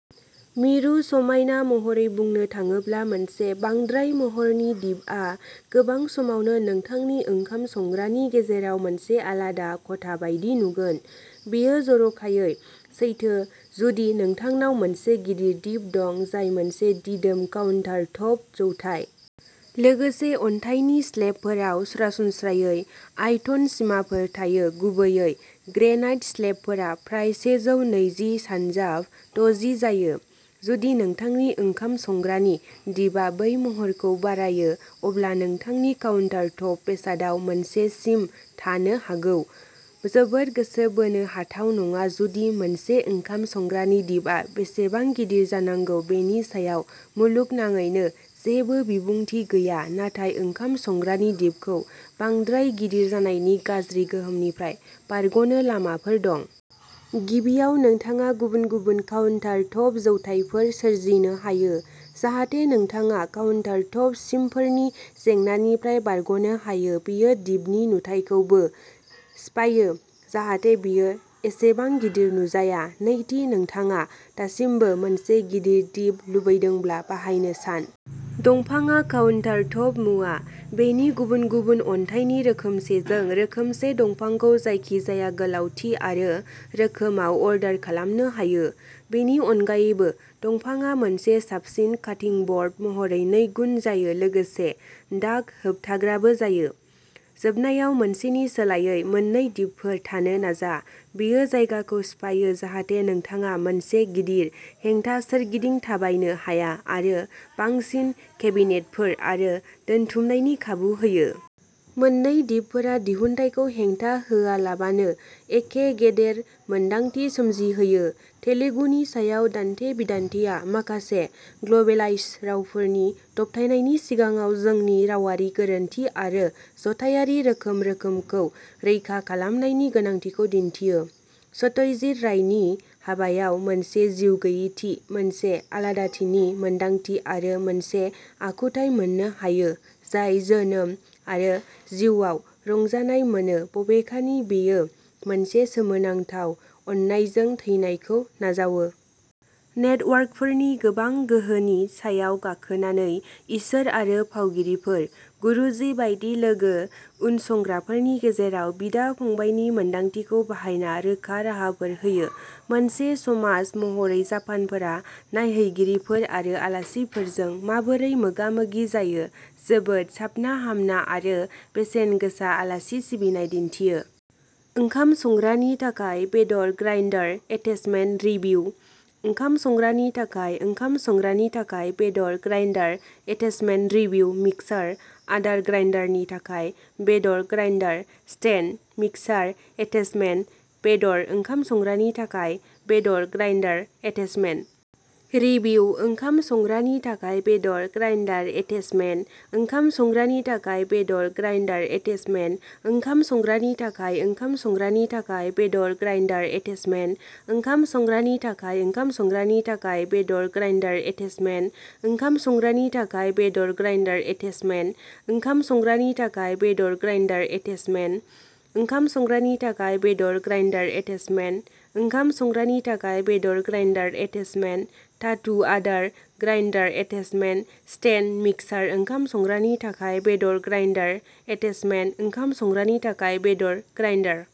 मिरु समायना महरै बुंनो थाङोब्ला मोनसे बांद्राय-महरनि दिपआ गोबां समावनो नोंथांनि ओंखाम संग्रानि गेजेराव मोनसे आलादा खथा बायदि नुगोन। बेयो जर'खायै सैथो जुदि नोंथांनाव मोनसे गिदिर दिप दं जाय मोनसे दिदोम काउन्टार टप जौथाइ। लोगोसे अन्थाइनि स्लेबफोराव सरासनस्रायै आयतन सिमाफोर थायो गुबैयै ग्रेनाइट स्लेबफोरा प्राय सेजौ नैजि सानजाब दजि जायो। जुदि नोंथांनि ओंखाम संग्रानि दिपआ बै महरखौ बारायो अब्ला नोंथांनि काउन्टारटप बेसादाव मोनसे सिम थानो हागौ जोबोद गोसो बोनो हाथाव नङा जुदि मोनसे ओंखाम संग्रानि दिपआ बेसेबां गिदिर जानांगौ बेनि सायाव मुलुगनाङैनो जेबो बिबुंथि गैया नाथाय ओंखाम संग्रानि दिपखौ बांद्राय गिदिर जानायनि गाज्रि गोहोमनिफ्राय बारग'नो लामाफोर दं। गिबियाव नोंथाङा गुबुन गुबुन काउन्टार टप जौथायफोर सोरजिनो हायो जाहाथे नोंथाङा काउन्टारटप सिमफोरनि जेंनानिफ्राय बारग'नो हायो बेयो दिपनि नुथायखौ बो सिफायो जाहाथे बेयो एसेबां गिदिर नुजाया। नैथि नोंथाङा दासिमबो मोनसे गिदिर दिप लुबैदोंब्ला बाहायनो सान। दंफांआ काउन्टारटप मुवा। बेनि गुबुन गुबुन अन्थाइनि रोखोमसेजों रोखोमसे दंफांखौ जायखिजाया गोलावथि आरो रोखोमाव अर्डार खालामनो हायो। बेनि अनगायैबो दंफांआ मोनसे साबसिन काटिं ब'र्ड महरै नैगुन जायो लोगोसे दाग होबथाग्राबो जायो। जोबनायाव मोनसेनि सोलायै मोन्नै दिपफोर थानो नाजा बेयो जायगाखौ सिफायो जाहाथे नोंथाङा मोनसे गिदिर हेंथा सोरगिदिं थाबायनो हाया आरो बांसिन केबिनेटफोर आरो दोनथुमनायनि खाबु होयो। मोन्नै दिपफोरा दिहुनथायखौ हेंथा होआलाबानो एखे गेदेर मोन्दांथि सोमजिहोयो। तेलुगुनि सायाव दान्थे बिदान्थेया माखासे ग्लबेलाइज्ड रावफोरनि दबथायनायनि सिगाङाव जोंनि रावारि गोरोनथि आरो जथायारि रोखोम रोखोमखौ रैखा खालामनायनि गोनांथिखौ दिन्थियो। सत्यजीत रायनि हाबायाव मोनसे जिउगैयैथि मोनसे आलादाथिनि मोनदांथि आरो मोनसे आखुथाय मोननो हायो जाय जोनोम आरो जिउआव रंजानाय मोनो बबेखानि बेयो मोनसे सोमोनांथाव अननायजों थैनायखौ नाजावो। नेटवर्कफोरनि गोबां गोहोनि सायाव गाखोनानै इसोर आरो फावगिरिफोर। गुरुजि बायदि लोगो उनसंग्राफोरनि गेजेराव बिदा फंबायनि मोन्दांथिखौ बाहायना रोखा राहाफोर होयो। मोनसे समाज महरै जापानफोरा नायहैगिरिफोर आरो आलासिफोरजों माबोरै मोगा मोगि जायो जोबोद साबनाहामना आरो बेसेनगोसा आलासि सिबिनाय दिन्थियो। ओंखाम संग्रानि थाखाय बेदर ग्राइन्डार एटेचमेन्ट रिभिउ ओंखाम संग्रानि थाखाय ओंखाम संग्रानि थाखाय बेदर ग्राइन्डार एटेचमेन्ट रिभिउ मिक्सार आदार ग्राइन्डारनि थाखाय बेदर ग्राइन्डार स्टेन्ड मिक्सार एटेचमेन्ट बेदर ओंखाम संग्रानि थाखाय बेदर ग्राइन्डार एटेचमेन्ट रिभिउ ओंखाम संग्रानि थाखाय बेदर ग्राइन्डार एटेचमेन्ट ओंखाम संग्रानि थाखाय बेदर ग्राइन्डार एटेचमेन्ट ओंखाम संग्रानि थाखाय ओंखाम संग्रानि थाखाय बेदर ग्राइन्डार एटेचमेन्ट ओंखाम संग्रानि थाखाय ओंखाम संग्रानि थाखाय बेदर ग्राइन्डार एटेचमेन्ट ओंखाम संग्रानि थाखाय बेदर ग्राइन्डार एटेचमेन्ट ओंखाम संग्रानि थाखाय बेदर ग्राइन्डार एटेचमेन्ट ओंखाम संग्रानि थाखाय बेदर ग्राइन्डार एटेचमेन्ट ओंखाम संग्रानि थाखाय बेदर ग्राइन्डार एटेचमेन्ट धातु आदार ग्राइन्डार एटेचमेन्ट स्टेन्ड मिक्सार ओंखाम संग्रानि थाखाय बेदर ग्राइन्डार एटेचमेन्ट ओंखाम संग्रानि थाखाय बेदर ग्राइन्डार।